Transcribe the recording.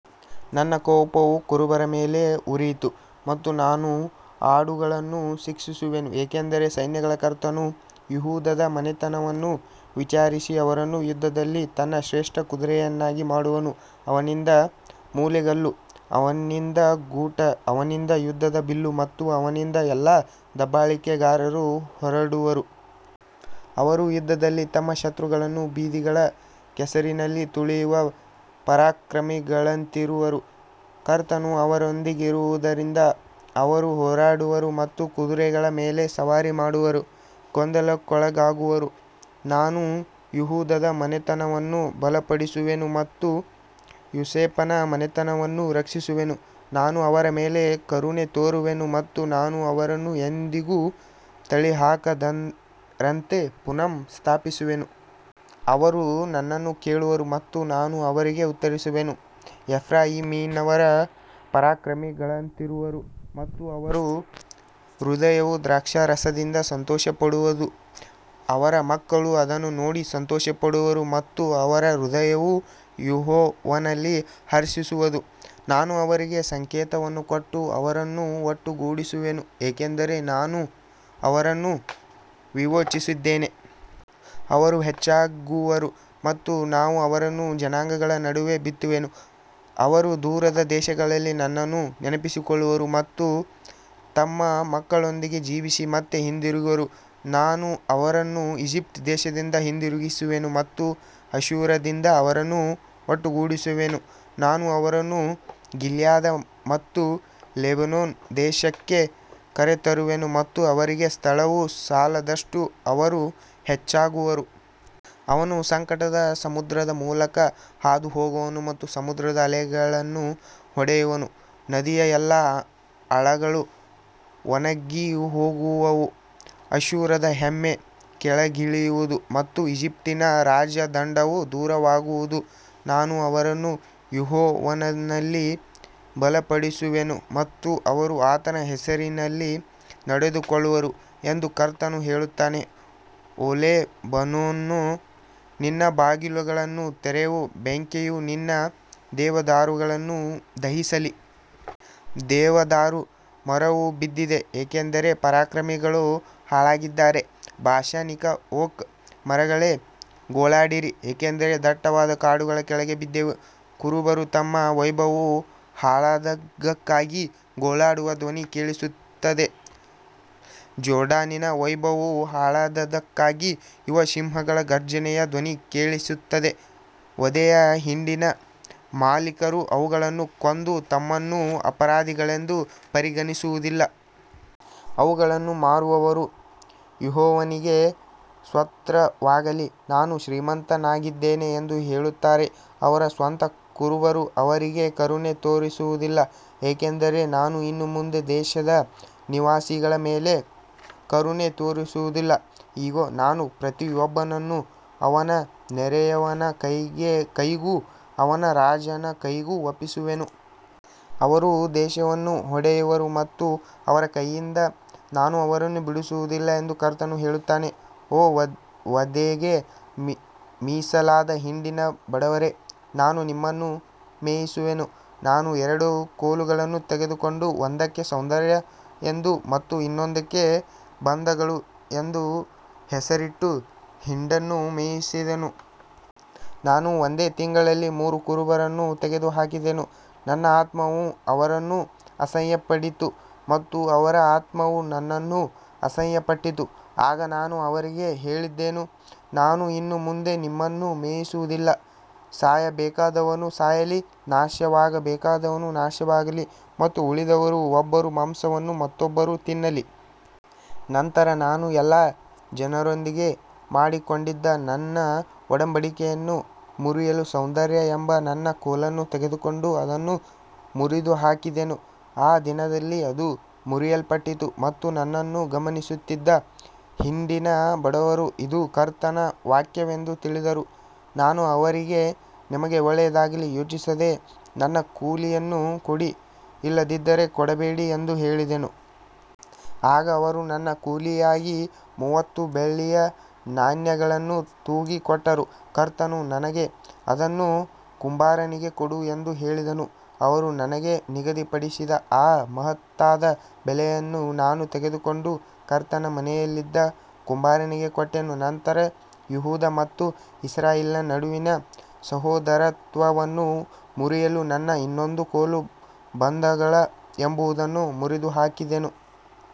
ನನ್ನ ಕೋಪವು ಕುರುಬರ ಮೇಲೆ ಉರಿಯಿತು ಮತ್ತು ನಾನು ಆಡುಗಳನ್ನು ಶಿಕ್ಷಿಸುವೆನು, ಏಕೆಂದರೆ ಸೈನ್ಯಗಳ ಕರ್ತನು ಯೆಹೂದದ ಮನೆತನವನ್ನು ವಿಚಾರಿಸಿ ಅವರನ್ನು ಯುದ್ಧದಲ್ಲಿ ತನ್ನ ಶ್ರೇಷ್ಠ ಕುದುರೆಯನ್ನಾಗಿ ಮಾಡುವನು. ಅವನಿಂದ ಮೂಲೆಗಲ್ಲು, ಅವನಿಂದ ಗೂಟ, ಅವನಿಂದ ಯುದ್ಧದ ಬಿಲ್ಲು ಮತ್ತು ಅವನಿಂದ ಎಲ್ಲಾ ದಬ್ಬಾಳಿಕೆಗಾರರು ಹೊರಡುವರು. ಅವರು ಯುದ್ಧದಲ್ಲಿ ತಮ್ಮ ಶತ್ರುಗಳನ್ನು ಬೀದಿಗಳ ಕೆಸರಿನಲ್ಲಿ ತುಳಿಯುವ ಪರಾಕ್ರಮಿಗಳಂತಿರುವರು. ಕರ್ತನು ಅವರೊಂದಿಗಿರುವುದರಿಂದ ಅವರು ಹೋರಾಡುವರು ಮತ್ತು ಕುದುರೆಗಳ ಮೇಲೆ ಸವಾರಿ ಮಾಡುವವರು ಗೊಂದಲಕ್ಕೊಳಗಾಗುವರು. ನಾನು ಯೆಹೂದದ ಮನೆತನವನ್ನು ಬಲಪಡಿಸುವೆನು ಮತ್ತು ಯೋಸೇಫನ ಮನೆತನವನ್ನು ರಕ್ಷಿಸುವೆನು. ನಾನು ಅವರ ಮೇಲೆ ಕರುಣೆ ತೋರುವೆನು ಮತ್ತು ನಾನು ಅವರನ್ನು ಎಂದಿಗೂ ತಳ್ಳಿಹಾಕದವರಂತೆ ಪುನಃ ಸ್ಥಾಪಿಸುವೆನು. ಅವರು ನನ್ನನ್ನು ಕೇಳುವರು ಮತ್ತು ನಾನು ಅವರಿಗೆ ಉತ್ತರಿಸುವೆನು. ಎಫ್ರಾಯೀಮಿನವರು ಪರಾಕ್ರಮಿಗಳಂತಿರುವರು ಮತ್ತು ಅವರ ಹೃದಯವು ದ್ರಾಕ್ಷಾರಸದಿಂದ ಸಂತೋಷಪಡುವದು. ಅವರ ಮಕ್ಕಳು ಅದನ್ನು ನೋಡಿ ಸಂತೋಷಪಡುವರು ಮತ್ತು ಅವರ ಹೃದಯವು ಯೆಹೋವನಲ್ಲಿ ಹರ್ಷಿಸುವದು. ನಾನು ಅವರಿಗೆ ಸಂಕೇತವನ್ನು ಕೊಟ್ಟು ಅವರನ್ನು ಒಟ್ಟುಗೂಡಿಸುವೆನು, ಏಕೆಂದರೆ ನಾನು ಅವರನ್ನು ವಿಮೋಚಿಸಿದ್ದೇನೆ. ಅವರು ಹೆಚ್ಚಾಗುವರು ಮತ್ತು ನಾನು ಅವರನ್ನು ಜನಾಂಗಗಳ ನಡುವೆ ಬಿತ್ತುವೆನು. ಅವರು ದೂರದ ದೇಶಗಳಲ್ಲಿ ನನ್ನನ್ನು ನೆನಪಿಸಿಕೊಳ್ಳುವರು ಮತ್ತು ತಮ್ಮ ಮಕ್ಕಳೊಂದಿಗೆ ಜೀವಿಸಿ ಮತ್ತೆ ಹಿಂದಿರುಗುವರು. ನಾನು ಅವರನ್ನು ಈಜಿಪ್ಟ್ ದೇಶದಿಂದ ಹಿಂದಿರುಗಿಸುವೆನು ಮತ್ತು ಅಶ್ಶೂರದಿಂದ ಅವರನ್ನು ಒಟ್ಟುಗೂಡಿಸುವೆನು. ನಾನು ಅವರನ್ನು ಗಿಲ್ಯಾದ್ ಮತ್ತು ಲೆಬನೋನ್ ದೇಶಕ್ಕೆ ಕರೆತರುವೆನು ಮತ್ತು ಅವರಿಗೆ ಸ್ಥಳವು ಸಾಲದಷ್ಟು ಅವರು ಹೆಚ್ಚಾಗುವರು. ಅವನು ಸಂಕಟದ ಸಮುದ್ರದ ಮೂಲಕ ಹಾದುಹೋಗುವನು ಮತ್ತು ಸಮುದ್ರದ ಅಲೆಗಳನ್ನು ಹೊಡೆಯುವನು. ನದಿಯ ಎಲ್ಲಾ ಆಳಗಳು ಒಣಗಿಹೋಗುವವು. ಅಶ್ಶೂರದ ಹೆಮ್ಮೆ ಕೆಳಗಿಳಿಯುವುದು ಮತ್ತು ಈಜಿಪ್ಟಿನ ರಾಜದಂಡವು ದೂರವಾಗುವುದು. ನಾನು ಅವರನ್ನು ಯೆಹೋವನಲ್ಲಿ ಬಲಪಡಿಸುವೆನು ಮತ್ತು ಅವರು ಆತನ ಹೆಸರಿನಲ್ಲಿ ನಡೆದುಕೊಳ್ಳುವರು ಎಂದು ಕರ್ತನು ಹೇಳುತ್ತಾನೆ. ಓ ಲೆಬನೋನೇ, ನಿನ್ನ ಬಾಗಿಲುಗಳನ್ನು ತೆರೆಯು, ಬೆಂಕಿಯು ನಿನ್ನ ದೇವದಾರುಗಳನ್ನು ದಹಿಸಲಿ. ದೇವದಾರು ಮರವು ಬಿದ್ದಿದೆ, ಏಕೆಂದರೆ ಪರಾಕ್ರಮಿಗಳು ಹಾಳಾಗಿದ್ದಾರೆ. ಬಾಷಾನಿನ ಓಕ್ ಮರಗಳೇ, ಗೋಳಾಡಿರಿ, ಏಕೆಂದರೆ ದಟ್ಟವಾದ ಕಾಡುಗಳು ಕೆಳಗೆ ಬಿದ್ದಿವೆ. ಕುರುಬರು ತಮ್ಮ ವೈಭವವು ಹಾಳಾದದ್ದಕ್ಕಾಗಿ ಗೋಳಾಡುವ ಧ್ವನಿ ಕೇಳಿಸುತ್ತದೆ. ಜೋರ್ಡಾನಿನ ವೈಭವವು ಹಾಳಾದದ್ದಕ್ಕಾಗಿ ಯುವ ಸಿಂಹಗಳ ಗರ್ಜನೆಯ ಧ್ವನಿ ಕೇಳಿಸುತ್ತದೆ. ವಧೆಯ ಹಿಂಡಿನ ಮಾಲೀಕರು ಅವುಗಳನ್ನು ಕೊಂದು ತಮ್ಮನ್ನು ಅಪರಾಧಿಗಳೆಂದು ಪರಿಗಣಿಸುವುದಿಲ್ಲ. ಅವುಗಳನ್ನು ಮಾರುವವರು, ಯೆಹೋವನಿಗೆ ಸ್ತೋತ್ರವಾಗಲಿ, ನಾನು ಶ್ರೀಮಂತನಾಗಿದ್ದೇನೆ ಎಂದು ಹೇಳುತ್ತಾರೆ. ಅವರ ಸ್ವಂತ ಕುರುಬರು ಅವರಿಗೆ ಕರುಣೆ ತೋರಿಸುವುದಿಲ್ಲ. ಯಾಕಂದರೆ ನಾನು ಇನ್ನು ಮುಂದೆ ದೇಶದ ನಿವಾಸಿಗಳ ಮೇಲೆ ಕರುಣೆ ತೋರಿಸುವುದಿಲ್ಲ. ಇಗೋ, ನಾನು ಪ್ರತಿಯೊಬ್ಬನನ್ನೂ ಅವನ ನೆರೆಯವನ ಕೈಗೂ ಅವನ ರಾಜನ ಕೈಗೂ ಒಪ್ಪಿಸುವೆನು. ಅವರು ದೇಶವನ್ನು ಹೊಡೆಯುವರು ಮತ್ತು ಅವರ ಕೈಯಿಂದ ನಾನು ಅವರನ್ನು ಬಿಡಿಸುವುದಿಲ್ಲ ಎಂದು ಕರ್ತನು ಹೇಳುತ್ತಾನೆ. ಓ ವಧೆಗೆ ಮೀಸಲಾದ ಹಿಂಡಿನ ಬಡವರೇ, ನಾನು ನಿಮ್ಮನ್ನು ಮೇಯಿಸುವೆನು. ನಾನು ಎರಡು ಕೋಲುಗಳನ್ನು ತೆಗೆದುಕೊಂಡು ಒಂದಕ್ಕೆ ಸೌಂದರ್ಯ ಎಂದು ಮತ್ತು ಇನ್ನೊಂದಕ್ಕೆ ಬಂಧಗಳು ಎಂದು ಹೆಸರಿಟ್ಟು ಹಿಂಡನ್ನು ಮೇಯಿಸಿದೆನು. ನಾನು ಒಂದೇ ತಿಂಗಳಲ್ಲಿ ಮೂರು ಕುರುಬರನ್ನು ತೆಗೆದುಹಾಕಿದೆನು. ನನ್ನ ಆತ್ಮವು ಅವರನ್ನು ಅಸಹ್ಯಪಡಿತು ಮತ್ತು ಅವರ ಆತ್ಮವೂ ನನ್ನನ್ನು ಅಸಹ್ಯಪಟ್ಟಿತು. ಆಗ ನಾನು ಅವರಿಗೆ ಹೇಳಿದೆನು, ನಾನು ಇನ್ನು ಮುಂದೆ ನಿಮ್ಮನ್ನು ಮೇಯಿಸುವುದಿಲ್ಲ. ಸಾಯಬೇಕಾದವನು ಸಾಯಲಿ, ನಾಶವಾಗಬೇಕಾದವನು ನಾಶವಾಗಲಿ ಮತ್ತು ಉಳಿದವರು ಒಬ್ಬರ ಮಾಂಸವನ್ನು ಮತ್ತೊಬ್ಬರು ತಿನ್ನಲಿ. ನಂತರ ನಾನು ಎಲ್ಲಾ ಜನರೊಂದಿಗೆ ಮಾಡಿಕೊಂಡಿದ್ದ ನನ್ನ ಒಡಂಬಡಿಕೆಯನ್ನು ಮುರಿಯಲು ಸೌಂದರ್ಯ ಎಂಬ ನನ್ನ ಕೋಲನ್ನು ತೆಗೆದುಕೊಂಡು ಅದನ್ನು ಮುರಿದುಹಾಕಿದೆನು. ಆ ದಿನದಲ್ಲಿ ಅದು ಮುರಿಯಲ್ಪಟ್ಟಿತು ಮತ್ತು ನನ್ನನ್ನು ಗಮನಿಸುತ್ತಿದ್ದ ಹಿಂಡಿನ ಬಡವರು ಇದು ಕರ್ತನ ವಾಕ್ಯವೆಂದು ತಿಳಿದರು. ನಾನು ಅವರಿಗೆ, ನಿಮಗೆ ಒಳ್ಳೆಯದಾಗಿ ತೋಚಿದರೆ ನನ್ನ ಕೂಲಿಯನ್ನು ಕೊಡಿ, ಇಲ್ಲದಿದ್ದರೆ ಕೊಡಬೇಡಿ ಎಂದು ಹೇಳಿದೆನು. ಆಗ ಅವರು ನನ್ನ ಕೂಲಿಯಾಗಿ ಮೂವತ್ತು ಬೆಳ್ಳಿಯ ನಾಣ್ಯಗಳನ್ನು ತೂಗಿ ಕೊಟ್ಟರು. ಕರ್ತನು ನನಗೆ, ಅದನ್ನು ಕುಂಬಾರನಿಗೆ ಕೊಡು ಎಂದು ಹೇಳಿದನು. ಅವರು ನನಗೆ ನಿಗದಿಪಡಿಸಿದ ಆ ಮಹತ್ತಾದ ಬೆಲೆಯನ್ನು ನಾನು ತೆಗೆದುಕೊಂಡು ಕರ್ತನ ಮನೆಯಲ್ಲಿದ್ದ ಕುಂಬಾರನಿಗೆ ಕೊಟ್ಟೆನು. ನಂತರ ಯೆಹೂದ ಮತ್ತು ಇಸ್ರಾಯೇಲಿನ ನಡುವಿನ ಸಹೋದರತ್ವವನ್ನು ಮುರಿಯಲು ನನ್ನ ಇನ್ನೊಂದು ಕೋಲು, ಬಂಧಗಳು ಎಂಬುದನ್ನೂ ಮುರಿದುಹಾಕಿದೆನು.